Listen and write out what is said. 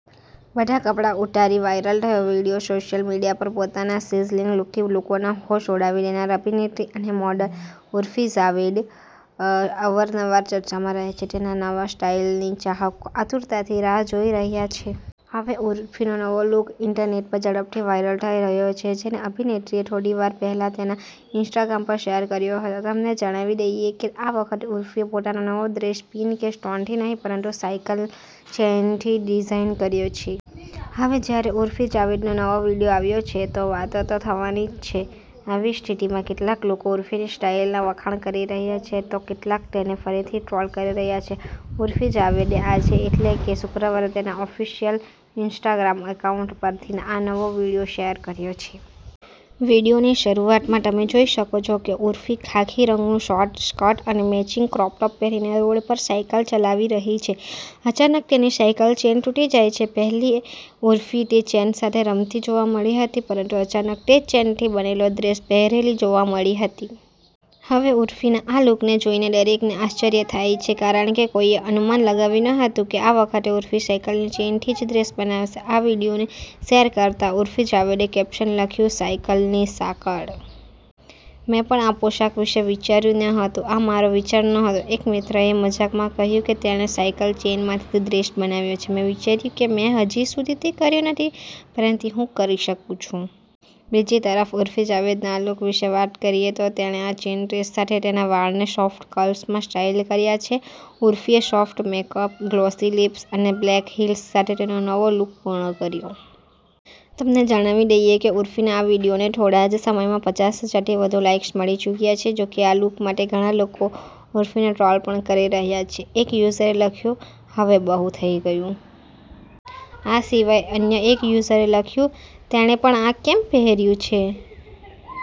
બઢા કપડા ઉટારી વાયરલ ઠયો વિડીયો. સોશિયલ મીડિયા પર પોતાના સિઝલિંગ લુકથી લોકોના હોશ ઉડાવી દેનાર અભિનેત્રી અને મોડલ ઉર્ફી ઝાવેદ અવરનવાર ચર્ચામાં રહે છે. તેના નવા સ્ટાઈલની ચાહકો આતુરતાથી રાહ જોઈ રહ્યા છે. હવે ઉર્ફીનો નવો લુક ઈન્ટરનેટ પર ઝડપઠી વાયરલ ઠઈ રહ્યો છે, જેને અભિનેત્રીએ થોડીવાર પહેલા તેના ઈન્સ્ટાગ્રામ પર શેર કર્યો હતો. તમને જણાવી દઈએ કે આ વખટે ઉર્ફીએ પોતાનો નવો ડ્રેસ પીન કે સ્ટોન ઠીનહીં, પરંતુ સાઈકલ ચેઈનઠી ડિઝાઈન કર્યો છે. હવે જ્યારે ઉર્ફી જાવેદનો નવો વિડિયો આવ્યો છે, તો વાતો તો થવાની જ છે. આવી સ્થિતિમાં, કેટલાક લોકો ઉર્ફીની સ્ટાઈલના વખાણ કરી રહ્યા છે તો કેટલાક તેને ફરીથી ટ્રોલ કરી રહ્યા છે. ઉર્ફી જાવેદે આજે એટલે કે શુક્રવારે તેના ઓફિશિયલ ઈન્સ્ટાગ્રામ એકાઉન્ટ પરથી આ નવો વીડિયો શેર કર્યો છે. વીડિયોની શરૂઆતમાં, તમે જોઈ શકો છો કે ઉર્ફી ખાખી રંગનું શોર્ટ સ્કર્ટ અને મેચિંગ ક્રોપ ટોપ પહેરીને રોડ પર સાઈકલ ચલાવી રહી છે. અચાનક તેની સાયકલ ચેઈન તૂટી જાય છે.પહેલી ઉર્ફી ટે ચેન સાથે રમતી જોવા મળી હતી, પરંટુ અચાનક તે જ ચેનથી બનેલો ડ્રેસ પહેરેલી જોવા મળી હતી. હવે ઉર્ફીના આ લુકને જોઈને દરેકને આશ્ચર્ય થાય છે કારણ કે કોઈએ અનુમાન લગાવ્યું ન હતું કે આ વખતે ઉર્ફી સાઈકલ ચેઈનથી જ ડ્રેસ બનાવશે. આ વીડિયોને શેર કરતાં ઉર્ફી જાવેદે કેપ્શન લખ્યું- સાયકલની સાંકળ! મેં પણ આ પોશાક વિશે વિચાર્યું ન હતું. આ મારો વિચાર નહોતો. એક મિત્રએ મજાકમાં કહ્યું કે તેણે સાઈકલ ચેઈનમાંથી ડ્રેસ બનાવ્યો છે. મેં વિચાર્યું કે મેં હજી સુધી તે કર્યું નથી પરંતી હું કરી શકું છું. બીજી તરફ, ઉર્ફી જાવેદના આ લુક વિશે વાત કરીએ તો, તેણે આ ચેઈન ડ્રેસ સાથે તેના વાળને સોફ્ટ કર્લ્સમાં સ્ટાઈલ કર્યા છે. ઉર્ફીએ સોફ્ટ મેકઅપ, ગ્લોસી લિપ્સ અને બ્લેક હીલ્સ સાથે તેનો નવો લુક પૂર્ણ કર્યો. તમને જણાવી દઈએ કે ઉર્ફીના આ વીડિયોને ઠોડા જ સમયમાં પચાસ હજારથી વધુ લાઈક્સ મળી ચૂક્યા છે. જો કે આ લુક માટે ઘણા લોકો ઉર્ફીને ટ્રોલ પણ કરી રહ્યા છે. એક યુઝરે લખ્યું, 'હવે બહુ થઈ ગયું'. આ સિવાય અન્ય એક યુઝરે લખ્યું, 'તેણે પણ આ કેમ પહેર્યું છે'.